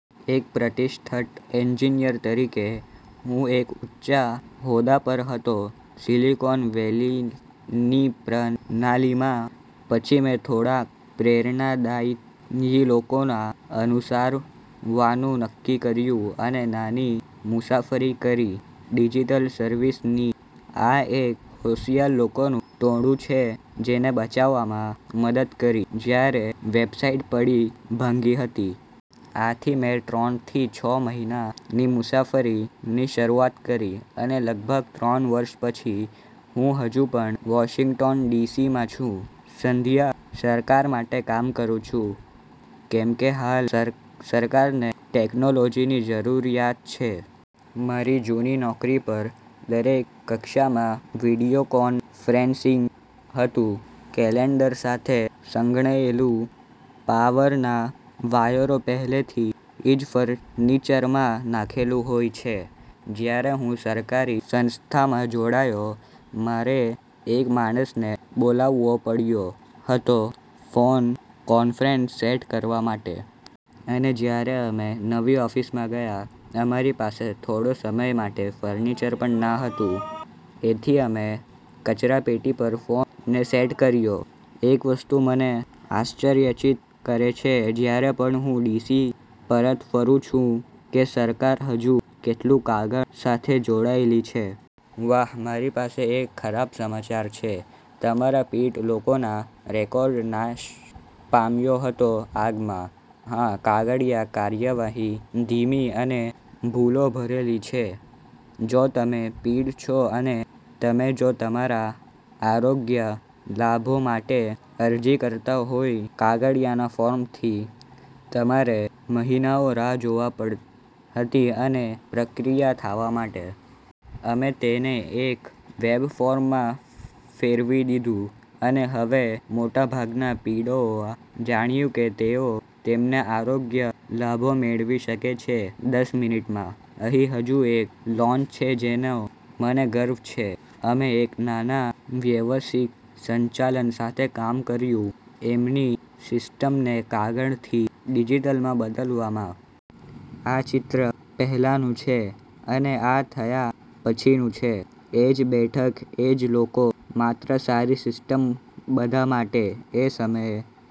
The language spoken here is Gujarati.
એક પ્રતિષ્ઠત એન્જીનીયર તરીકે, હું એક ઉચ્ચા હોદ્દા પર હતો સીલીકોન વેલીની પ્રણાલી માં. પછી મેં થોડાક પ્રેરણાદાયી લોકોના અનુસારવા નું નક્કી કર્યું અને નાની મુસાફરી કરી ડીજીટલ સર્વિસ ની. આ એક હોશિયાર લોકોનું ટોળું છે જેણે બચાવમાં મદદ કરી જયારે વેબસાઈટ પડી ભાંગી હતી. આથી મેં ત્રણ થી છ મહિના ની મુસાફરીની શરૂઆત કરી, અને લગભગ ત્રણ વર્ષ પછી, હું હજુ પણ વોશિંગ્ટન ડીસી માં છું, સંઘીય સરકાર માટે કામ કરું છું, કેમકે હાલ સર સરકાર ને ટેકનોલોજીની જરૂરીયાત છે. મારી જૂની નોકરી પર, દરેક કક્ષામાં વિડીયોકોન્ફ્રે રન્સીંગ હતું કેલેન્ડર સાથે સંકગળાયેલુ, પાવરના વાયરો પેહલે થી જ ફર્નિચરમાં નાખેલું હોઈ છે. જયારે હું સરકારી સંસ્થામાં જોડાયો, મારે એક માણસ ને બોલાવવો પડતો હતો ફોન કોન્ફરન્સ સેટ કરવા માટે. અને જયારે અમે નવી ઓફીસ માં ગયા, અમારી પાસે થોડો સમય માટે ફર્નિચર પણ ન હતું, એથી અમે કચરા પેટી પર ફોન ને સેટ કર્યો. એક વસ્તુ મને આશ્ચર્યચીત કરે છે, જયારે પણ હું ડીસી પરત ફરું છું, કે સરકાર હજુ કેટલું કાગળ સાથે જોડાયેલી છે. વાહ. મારી પાસે એક ખરાબ સમાચાર છે: તમારા પીઢ લોકોના રેકોર્ડ નાશ પામ્યો હતો આગ માં. હા, કાગળીયા કાર્યવાહી ધીમી અને ભૂલો ભરેલી છે. જો તમે પીઢ છો અને તમે જો તમારા આરોગ્ય લાભો માટે અરજી કરતા હોય કાગડિયાના ફોર્મ થી, તમારે મહિનાઓ રાહ જોવા પડતી હતી એની પ્રક્રિયા થવા માટે. અમે તેને એક વેબફોર્મ માં ફેરવી દીધું, અને હવે મોટાભાગના પીઢોએ જાણ્યું કે તેઓ તેમના આરોગ્ય લાભો મેળવી શકે છે દસ મિનીટમાં. અહી હજુ એક લોન્ચ છે જેનો મને ગર્વ છે. અમે એક નાના વ્યવસ્થિત સંચાલન સાથે કામ કર્યુ એમની સીસ્ટમને કાગળથી ડીજીટલ માં બદલવા માં. આ ચિત્ર પેહલાનું છે, અને આ થયા પછીનું છે. એજ બેઠક, એજ લોકો, માત્ર સારી સીસ્ટમ બધા માટે. એ સમયે,